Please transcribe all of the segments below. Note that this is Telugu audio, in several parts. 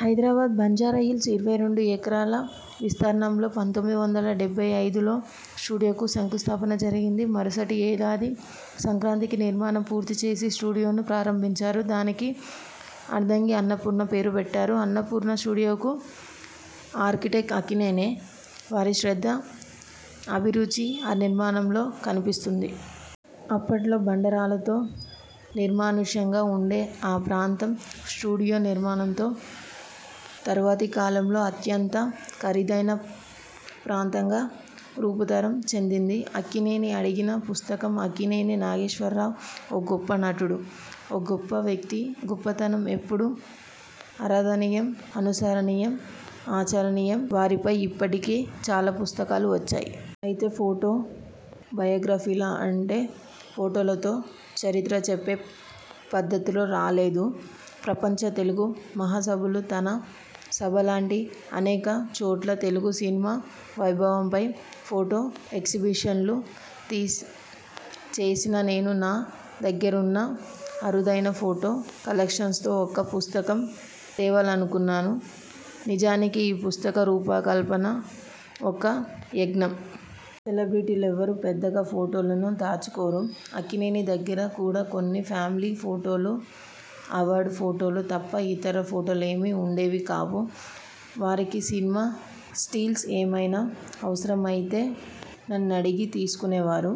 హైదరాబాద్ బంజారాహి ల్స్ ఇరవై రెండు ఎకరాల విస్తీర్ణంలో పంతొమ్మిది వందల డెబ్బై ఐదులో స్టూడియోకు శంకుస్థాపన జరిగింది. మరుసటి ఏడాది సంక్రాంతికి నిర్మాణం పూర్తి చేసి, స్టూడియోను ప్రారంభించారు. దానికి అర్ధాంగి అన్నపూర్ణ పేరు పెట్టారు. అన్నపూర్ణా స్టూడియోకు ఆర్కిటెక్ట్ అక్కినేనే. వారి శ్రద్ధ, అభిరుచి ఆ నిర్మాణంలో కనిపిస్తుంది. అప్పట్లో బండ రాళ్ళతో, నిర్మానుష్యంగా ఉండే ఆ ప్రాంతం స్టూడియో నిర్మాణంతో, తరువాతి కాలంలో అత్యంత ఖరీదైన ప్రాంతంగా రూపాంతరం చెందింది. అక్కినేని అడిగిన పుస్తకం ''అక్కినేని నాగేశ్వరరావు! ఓ గొప్ప నటుడు. ఓ గొప్ప వ్యక్తి. గొప్పతనం ఎప్పుడూ ఆరాధనీయం అనుసరణీయం ఆచరణీయం! వారిపై ఇప్పటికే చాలా పుస్తకాలు వచ్చాయి. అయితే, ఫోటో బయోగ్రఫీలా అంటే, ఫోటోలతో చరిత్ర చెప్పే పద్ధతిలో రాలేదు. ప్రపంచ తెలుగు మహాసభలు, తానా సభల్లాంటి అనేక చోట్ల తెలుగు సినిమా వైభవంపై ఫోటో ఎగ్జిబిషన్లు చేసిన నేను నా దగ్గరున్న అరుదైన ఫోటో కలెక్షన్స్తో ఒక పుస్తకం తేవాలనుకున్నాను. నిజానికి, ఈ పుస్తక రూపకల్పన ఒక యజ్ఞం. సెలబ్రిటీలెవరూ పెద్దగా ఫోటోలను దాచుకోరు. అక్కినేని దగ్గర కూడా కొన్ని ఫ్యామిలీ ఫోటోలు, అవార్డు ఫోటోలు తప్ప ఇతర ఫోటోలేమీ ఉండేవి కావు. వారికి సినిమా స్టిల్స్ ఏమైనా అవసరమైతే నన్నడిగి తీసుకొనేవారు.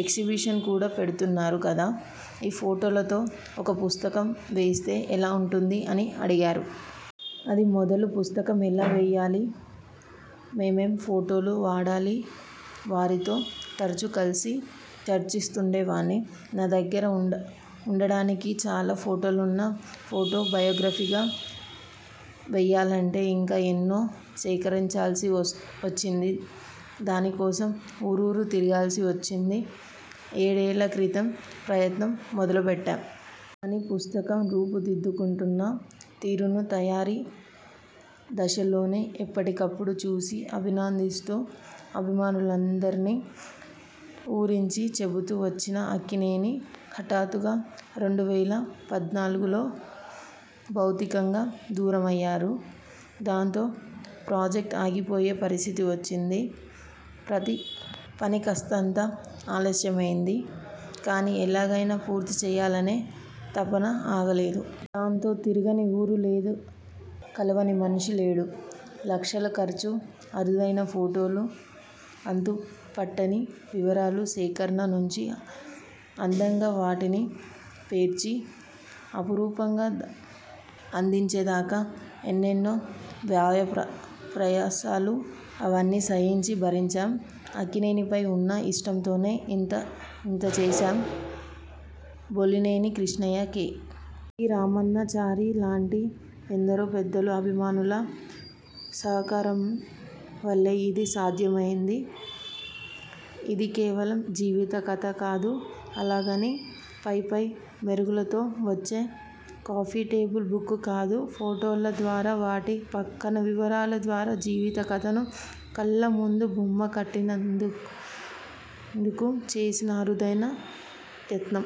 ఎగ్జిబిషన్స్ కూడా పెడుతున్నారు కదా. ఈ ఫోటోలతో ఒక పుస్తకం వేస్తే ఎలా ఉంటుంది' అని అడిగారు. అది మొదలు పుస్తకం ఎలా వేయాలి, ఏమేం ఫోటోలు వాడాలి వారితో తరచూ కలసి చర్చిస్తుండేవాణ్ణి. నా దగ్గర ఉండడానికి చాలా ఫోటోలున్నా, ఫోటో బయోగ్రఫీగా వేయాలంటే ఇంకా ఎన్నో సేకరించాల్సి వచ్చింది. దాని కోసం ఊరూరూ తిరగాల్సి వచ్చింది. ఏడేళ్ళ క్రితం ప్రయత్నం మొదలుపెట్టాం. కానీ, పుస్తకం రూపుదిద్దుకుంటున్న తీరును తయారీ దశలోనే ఎప్పటికప్పుడు చూసి, అభినందిస్తూ, అభిమానులందరినీ ఊరించి చెబుతూ వచ్చిన అక్కినేని హఠాత్తుగా రెండు వేల పద్నాలుగులో భౌతికంగా దూరమయ్యారు. దాంతో ప్రాజెక్టు ఆగిపోయే పరిస్థితి వచ్చింది. పనీ కస్తంత ఆలస్యమైంది. కానీ, ఎలాగైనా పూర్తి చేయాలనే తపన ఆగలేదు. దాంతో, తిరగని ఊరు లేదుకలవని మనిషి లేడు. లక్షల ఖర్చుఅరుదైన ఫోటోలు, అంతు పట్టని వివరాల సేకరణ నుంచి, అందంగా వాటిని పేర్చి, అపురూపంగా అందించే దాకా ఎన్నెన్నో వ్యాయ ప్రయాసలు. అవన్నీ సహించి, భరించాం. అక్కినేనిపై ఉన్న ఇష్టంతోనే ఇంతా చేశాం. బొల్లినేని కృష్ణయ్య, కె. వి. రమణా చారి లాంటి ఎందరో పెద్దలు, అభిమానుల సహకారం వల్లే ఇది సాధ్యమైంది. ఇది కేవలం జీవిత కథ కాదు అలాగని పై పై మెరుగులతో వచ్చే కాఫీటేబుల్ బుక్కూ కాదు. ఫోటోల ద్వారా, వాటి పక్కన వివరాల ద్వారా జీవిత కథను కళ్ళ ముందు బొమ్మ కట్టేందుకు చేసిన అరుదైన యత్నం.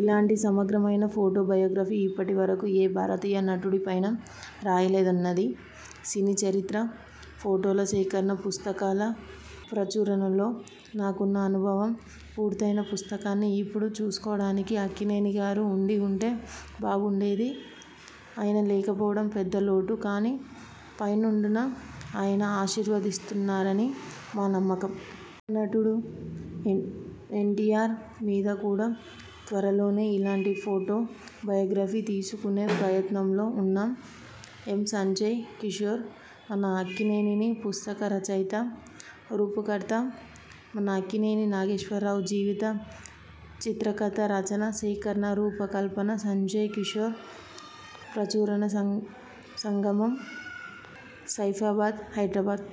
ఇలాంటి సమగ్రమైన ఫోటో బయోగ్రఫీ ఇప్పటి వరకు ఏ భారతీయ నటుడి పైనా రాలేదన్నది సినీ చరిత్ర, ఫోటోల సేకరణ, పుస్తకాల ప్రచురణలో నాకున్న అనుభవం. పూర్తయిన పుస్తకాన్ని ఇప్పుడు చూసుకోవడానికి అక్కినేని గారు ఉండి ఉంటే బాగుండేది. ఆయన లేకపోవడం పెద్ద లోటు. కానీ, పై నుండైనా ఆయన ఆశీర్వదిస్తున్నారని మా నమ్మకం. మహానటుడు ఎన్టీయార్ మీద కూడా త్వరలోనే ఇలాంటి ఫోటో బయోగ్రఫీ తీసుకొచ్చే ప్రయత్నంలో ఉన్నా ఎం. సంజయ్ కిషోర్, 'మన అక్కినేని' పుస్తక రచయిత, రూపకర్త, మన అక్కినేని నాగేశ్వరరావు జీవిత చిత్రకథ రచన, సేకరణ, రూప కల్పన సంజయ్ కిషోర్ ప్రచురణ సంగమం, సైఫాబాద్, హైదరాబాద్.